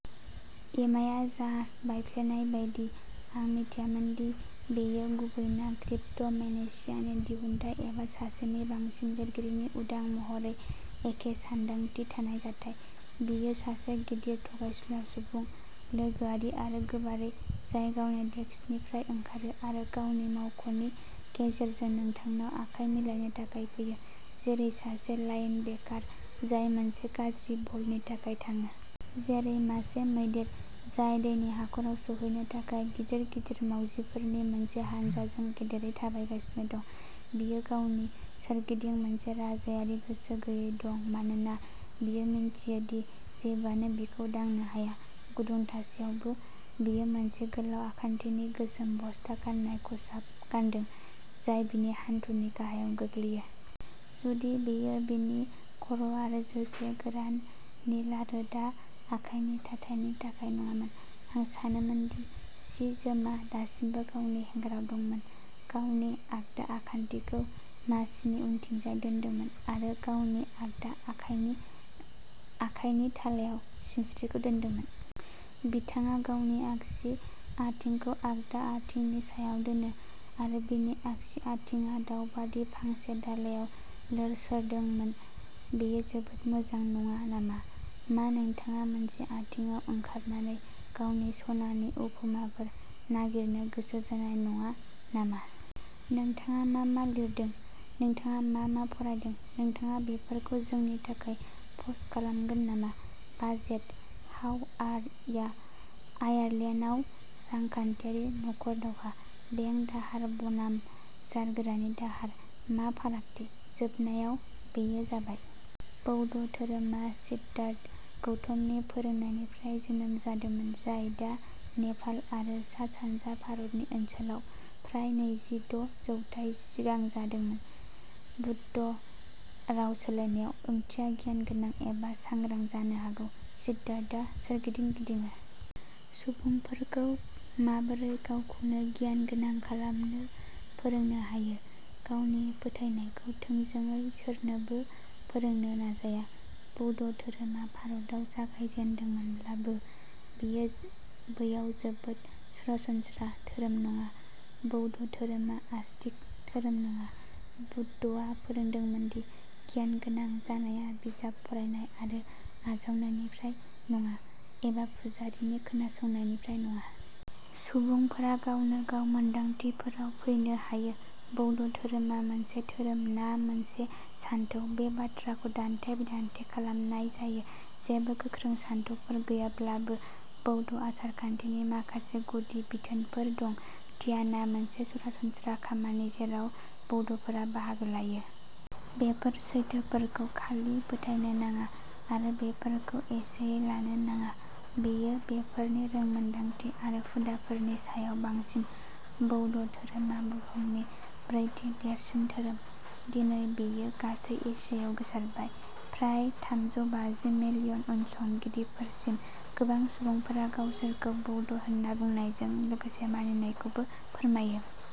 एमाया जाहाज बायफ्लेनाय बायदि, आं मिथियामोन दि बेयो गुबै ना क्रिप्ट'मेनेसियानि दिहुनथाइ एबा सासेनि बांसिन लिरगिरिनि उदां महरै एखे सानदांथि थानाय जाथाय। बियो सासे गिदिर, थगायसुला सुबुं, लोगोआरि आरो गोबारै, जाय गावनि डेस्कनिफ्राय ओंखारो आरो गावनि मावख'नि गेजेरजों नोंथांनाव आखाय मिलायनो थाखाय फैयो, जेरै सासे लाइनबेकार, जाय मोनसे गाज्रि बलनि थाखाय थाङो। जेरै मासे मैदेर, जाय दैनि हाखराव सौहैनो थाखाय गिदिर गिदिर मावजिफोरनि मोनसे हानजाजों गेदेरै थाबायगासिनो दं, बियो गावनि सोरगिदिं मोनसे राजायारि गोसो गैयै दं मानोना बियो मिन्थियो दि जेबोआनो बिखौ दांनो हाया। गुदुं थासेयावबो, बियो मोनसे गोलाव आखान्थिनि गोसोम बस्ता गाननाय खसाब गानदों, जाय बिनि हान्थुनि गाहायाव गोग्लैयो। जुदि बेयो बिनि खर' आरो जोसे गोरान, निला रोदा आखाइनि थाथायनि थाखाय नङामोन, आं सानोमोन दि सि जोमआ दासिमबो गावनि हेंगाराव दंमोन। गावनि आगदा आखान्थिखौ मासिनि उनथिंजाय दोनदोंमोन, आरो गावनि आगदा आखाइनि आखाइनि थालायाव सिनस्रिखौ दोनदोंमोन। बिथाङा गावनि आगसि आथिंखौ आगदा आथिंनि सायाव दोनो, आरो बिनि आगसि आथिंआ दाउबादि फांसे दालाइआव लोरसोरदोंमोन। बेयो जोबोद मोजां नङा नामा? मा नोंथाङा मोनसे आथिंआव ओंखारनानै गावनि सनानि उपमाफोर नागिरनो गोसो जानाय नङा नामा? नोंथाङा मा मा लिरदों? नोंथाङा मा मा फरायदों? नोंथाङा बेफोरखौ जोंनि थाखाय पस्ट खालामगोन नामा? बाजेट, हाउ आर या? आयारलेन्डआव "रांखान्थियारि नखर दावहा"? बेंक दाहार बनाम जारगोरानि दाहारः मा फारागथि? जोबनायाव, बेयो जाबाय! बौद्ध धोरोमा सिद्धार्थ गौतमनि फोरोंनायनिफ्राय जोनोम जादोंमोन, जाय दा नेपाल आरो सा सानजा भारतनि ओनसोलाव, फ्राय नैजि द' जौथाय सिगां जादोंमोन। बुद्ध, राव सोलायनायाव, ओंथिया "गियानगोनां" एबा "सांग्रां" जानो हागौ। सिद्धार्थआ सोरगिदिं गिदिङो। सुबुंफोरखौ माबोरै गावखौनो गियानगोनां खालामनो फोरोंनो हायो, गावनि फोथायनायखौ थोंजोङै सोरनोबो फोरोंनो नाजाया। बौद्ध धोरोमा भारताव जागायजेन्दोंमोनब्लाबो, बेयो बैयाव जोबोद सरासनस्रा धोरोम नङा। बौद्ध धोरोमा आस्तिक धोरोम नङा। बुद्धआ फोरोंदोंमोन दि गियानगोनां जानाया बिजाब फरायनाय आरो आजावनायनिफ्राय नङा, एबा पुजारीनि खोनासंनायनिफ्राय नङा। सुबुंफोरा गावनो गाव मोनदांथिफोराव फैनो हायो। बौद्ध धोरोमा मोनसे धोरोम ना मोनसे सानथौ बे बाथ्राखौ दान्थे बिदान्थे खालामनाय जायो। जेबो गोख्रों सानथौफोर गैयाब्लाबो बौद्ध आसारखान्थिनि माखासे गुदि बिथोनफोर दं। ध्यानआ मोनसे सरासनस्रा खामानि जेराव बौद्धफोरा बाहागो लायो। बेफोर सैथोफोरखौ खालि फोथायनो नाङा आरो बेफोरखौ एसेयै लानो नाङा। बेयो बेफोरनि रोंमोनदांथि आरो हुदाफोरनि सायाव बांसिन। बौद्ध धोरोमा बुहुमनि ब्रैथि देरसिन धोरोम। दिनै बेयो गासै एसियायाव गोसारबाय, फ्राय थामजौ बाजि मिलियन उनसंगिरिफोरसिम। गोबां सुबुंफोरा गावसोरखौ बौद्ध होन्ना बुंनायजों लोगोसे मानिनायखौबो फोरमायो।